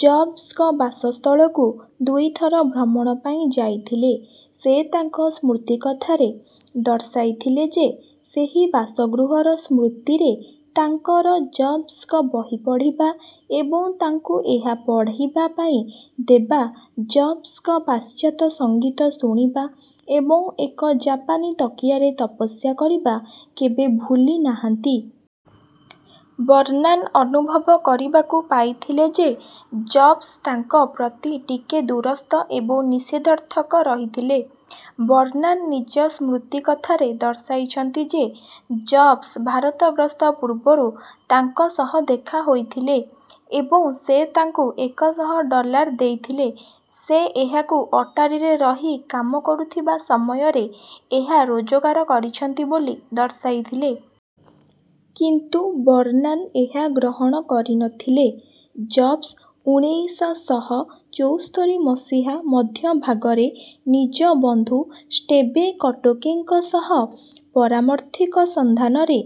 ଜବ୍ସଙ୍କ ବାସସ୍ଥଳକୁ ଦୁଇ ଥର ଭ୍ରମଣ ପାଇଁ ଯାଇଥିଲେ। ସେ ତାଙ୍କ ସ୍ମୃତିକଥାରେ ଦର୍ଶାଇଥିଲେ ଯେସେହି ବାସଗୃହର ସ୍ମୃତିରେ ତାଙ୍କର ଜବ୍ସଙ୍କ ବହିପଢ଼ିବା ଏବଂ ତାଙ୍କୁ ଏହା ପଢ଼ିବା ପାଇଁ ଦେବାଜବ୍ସଙ୍କ ପାଶ୍ଚାତ୍ୟ ସଂଗୀତ ଶୁଣିବାଏବଂ ଏକ ଜାପାନୀ ତକିଆରେ ତପସ୍ୟା କରିବା କେବେ ଭୁଲି ନାହାନ୍ତି। ବର୍ନାନ ଅନୁଭବ କରିବାକୁ ପାଇଥିଲେ ଯେ ଜବ୍ସ ତାଙ୍କ ପ୍ରତି ଟିକେ ଦୁରସ୍ଥ ଏବଂ ନିଷେଧର୍ଥକ ରହିଥିଲେ। ବର୍ନାନ ନିଜ ସ୍ମୃତିକଥାରେ ଦର୍ଶାଇଛନ୍ତି ଯେ ଜବ୍ସ ଭାରତ ଗ୍ରସ୍ତ ପୂର୍ବରୁ ତାଙ୍କ ସହ ଦେଖା ହୋଇଥିଲେ ଏବଂ ସେ ତାଙ୍କୁ ଏକ ଶହ ଡଲାର୍ ଦେଇଥିଲେ ସେ ଏହାକୁ ଅଟାରୀରେ ରହି କାମ କରୁୁଥିବା ସମୟରେ ଏହା ରୋଜଗାର କରିଛନ୍ତି ବୋଲି ଦର୍ଶାଇ ଥିଲେ। କିନ୍ତୁ ବର୍ନାନ ଏହା ଗ୍ରହଣ କରିନଥିଲେ। ଜବ୍ସ ଉଣେଇଶ ଶହ ଚଉସ୍ତରୀ ମସିହା ମଧ୍ୟଭାଗରେ ନିଜ ବନ୍ଧୁ ଷ୍ଟେବେ କଟୋକେଙ୍କ ସହ ପରାମର୍ଥିକ ସନ୍ଧାନରେ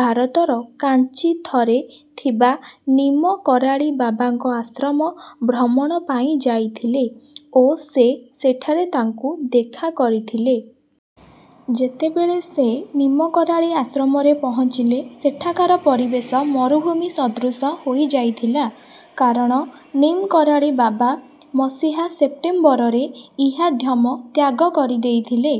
ଭାରତର କାଁଚି ଥରେ ଥିବାନିମ କରାଳି ବାବାଙ୍କ ଆଶ୍ରମ ଭ୍ରମଣ ପାଇଁ ଯାଇଥିଲେ ଓ ସେ ସେଠାରେ ତାଙ୍କୁ ଦେଖା କରିଥିଲେ। ଯେତେବେଳେ ସେ ନିମ କରାଳି ଆଶ୍ରମରେ ପହଁଚିଲେସେଠାକାର ପରିବେଶ ମରୁଭୂମି ସଦୃଶ୍ୟ ହୋଇ ଯାଇଥିଲା। କାରଣ ନିମ୍ କରାଳି ବାବା ମସିହା ସେପ୍ଟେମ୍ବରରେ ଇହାଧ୍ୟମ ତ୍ୟାଗ କରି ଦେଇଥିଲେ।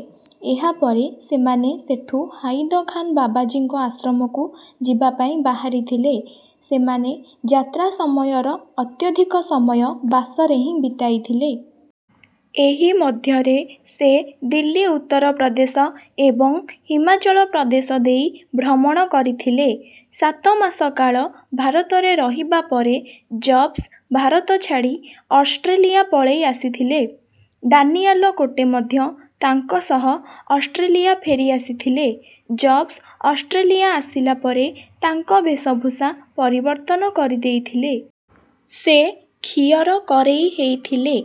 ଏହା ପରେ ସେମାନେ ସେଠୁ ହାଇଦଖାନ ବାବାଜିଙ୍କ ଆଶ୍ରମକୁ ଯିବା ପାଇଁ ବାହାରି ଥିଲେ। ସେମାନେ ଯାତ୍ରା ସମୟର ଅତ୍ୟଧିକ ସମୟ ବାସରେ ହିଁ ବିତାଇ ଥିଲେ। ଏହି ମଧ୍ୟରେ ସେ ଦିଲ୍ଲୀ ଉତ୍ତରପ୍ରଦେଶଏବଂ ହିମାଚଳ ପ୍ରଦେଶ ଦେଇ ଭ୍ରମଣ କରିଥିଲେ। ସାତମାସ କାଳ ଭାତରେ ରହିବା ପରେ ଜବ୍ସ ଭାରତ ଛାଡି ଅଷ୍ଟ୍ରେଲିଆ ପଳେଇ ଆସିଥିଲେ। ଡାନିଆଲ କୋଟେ ମଧ୍ୟ ତାଙ୍କ ସହ ଅଷ୍ଟ୍ରେଲିଆ ଫେରି ଆସିଥିଲେ। ଜବ୍ସ ଅଷ୍ଟ୍ରେଲିଆ ଆସିଲା ପରେ ତାଙ୍କ ବେଶଭୂଷା ପଡ଼ିବର୍ତନ କରିଦେଇଥିଲେ। ସେ ଖିଅର କରେଇ ହେଇଥିଲେ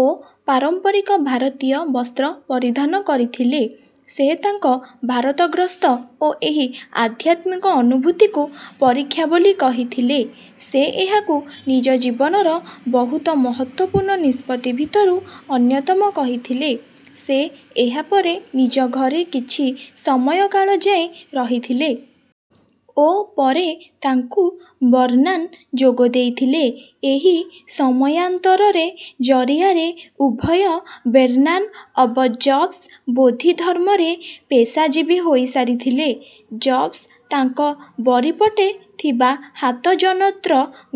ଓ ପାରମ୍ପରିକ ଭାରତୀୟ ବସ୍ତ୍ର ପରିଧାନ କରିଥିଲେ। ସେ ତାଙ୍କ ଭାରତ ଗ୍ରସ୍ତ ଓ ଏହି ଆଧ୍ୟାତ୍ମିକ ଅନୁଭୁତିକୁ ପରୀକ୍ଷା ବୋଲି କହିଥିଲେ। ସେ ଏହାକୁ ନିଜ ଜୀବନର ବହୁତ ମହତ୍ତ୍ୱପୂର୍ଣ୍ଣ ନିଷ୍ପତି ଭିତରୁୁ ଅନ୍ୟତମ କହିଥିଲେ। ସେ ଏହା ପରେ ନିଜ ଘରେ କିଛି ସମୟକାଳ ଯାଏଁ ରହିଥିଲେ। ଓ ପରେ ତାଙ୍କୁ ବର୍ନାନ ଯୋଗ ଦେଇ ଥିଲେ। ଏହି ସମୟାନ୍ତରରେ ଜରିଆରେ ଉଭୟ ବେର୍ନାନ ଅବ ଜବ୍ସ ବୋଦ୍ଧିଧର୍ମରେ ପେସାଜୀବୀ ହୋଇ ସାରିଥିଲେ। ଜବ୍ସ ତାଙ୍କ ବରିପଟେ ଥିବା ହାତଜନ଼ତ୍ର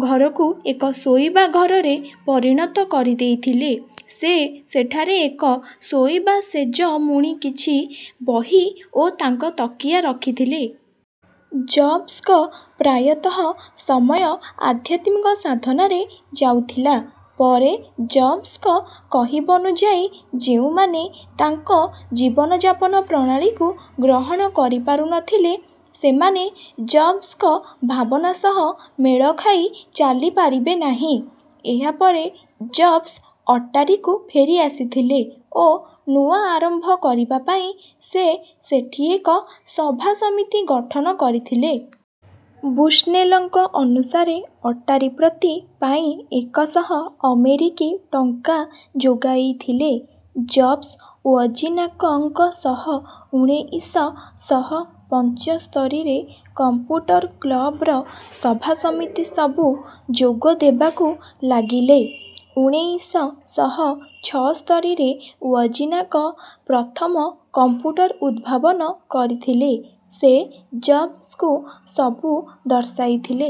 ଘରକୁ ଏକ ଶୋଇବା ଘରରେ ପରିଣତ କରି ଦେଇଥିଲେ। ସେ ସେଠାରେ ଏକ ଶୋଇବା ସେଜମୁଣୀକିଛି ବହି ଓ ତାଙ୍କ ତକିଆ ରଖିଥିଲେ। ଜବ୍ସଙ୍କ ପ୍ରାୟତଃ ସମୟ ଆଧ୍ୟାତ୍ମିକ ସାଧନାରେ ଯାଉଥିଲା ପରେ ଜବ୍ସଙ୍କ କହିବନୁଯାଇଯେଉଁମାନେ ତାଙ୍କ ଜୀବନ ଯାପନ ପ୍ରଣାଳୀକୁ ଗ୍ରହଣ କରିପାରୁ ନଥିଲେ ସେମାନେ ଜବ୍ସଙ୍କ ଭାବନା ସହ ମେଳଖାଇ ଚାଲି ପାରିବେ ନାହିଁ। ଏହା ପରେ ଜବ୍ସ ଅଟାରୀକୁ ଫେରି ଆସିଥିଲେ ଓ ନୂଆ ଆରମ୍ଭ କରିବା ପାଇଁ ସେ ସେଠୀ ଏକ ସଭାସମିତି ଗଠନ କରିଥିଲେ। ବୁଶ୍ନେଲଙ୍କ ଅନୁଷାରେ ଅଟାରୀ ପ୍ରତି ପାଇଁ ଏକ ଶହ ଅମେରିକି ଟଂକା ଯୋଗାଇଥିଲେ। ଜବ୍ସ ୱଜିନାକ ଙ୍କସହ ଉଣେଇଶ ଶହ ପଞ୍ଚସ୍ତରୀରେ କମ୍ପୁଟର କ୍ଲବର ସଭାସମିତି ସବୁ ଯୋଗ ଦେବାକୁ ଲାଗିଲେ। ଉଣେଇଶ ଶହ ଛଅସ୍ତରୀରେ ୱଜିନାକ ପ୍ରଥମ କମ୍ପୁଟର ଉଦ୍ଭାବନ କରିଥିଲେ। ସେ ଜବ୍ସଙ୍କୁ ସବୁ ଦର୍ଶାଇ ଥିଲେ।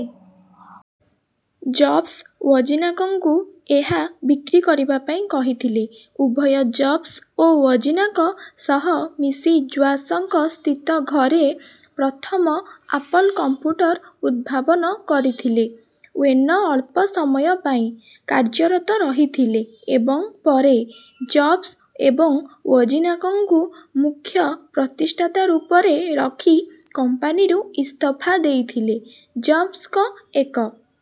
ଜବ୍ସ ୱଜିନାକଙ୍କୁ ଏହା ବିକ୍ରି କରିବା ପାଇଁ କହିଥିଲେ। ଉଭୟ ଜବ୍ସ ଓ ୱଜିନାକ ସହ ମିଶିଜ୍ୱ୍ସାଙ୍କ ସ୍ଥିତ ଘରେ ପ୍ରଥମ ଆପଲ କମ୍ପୁଟର ଉଦ୍ଭାବନ କରିଥିଲେ। ୱେନ ଅଳ୍ପ ସମୟ ପାଇଁ। କାର୍ଯ୍ୟରତ ରହିଥିଲେ ଏବଂ ପରେ ଜବ୍ସ ଏବଂ ୱଜିନାକଙ୍କୁ ମୁଖ୍ୟ ପ୍ରତିଷ୍ଠାତା ରୂପରେ ରଖି କମ୍ପାନୀରୁ ଇସ୍ତଫା ଦେଇଥିଲେ। ଜବ୍ସଙ୍କ ଏକ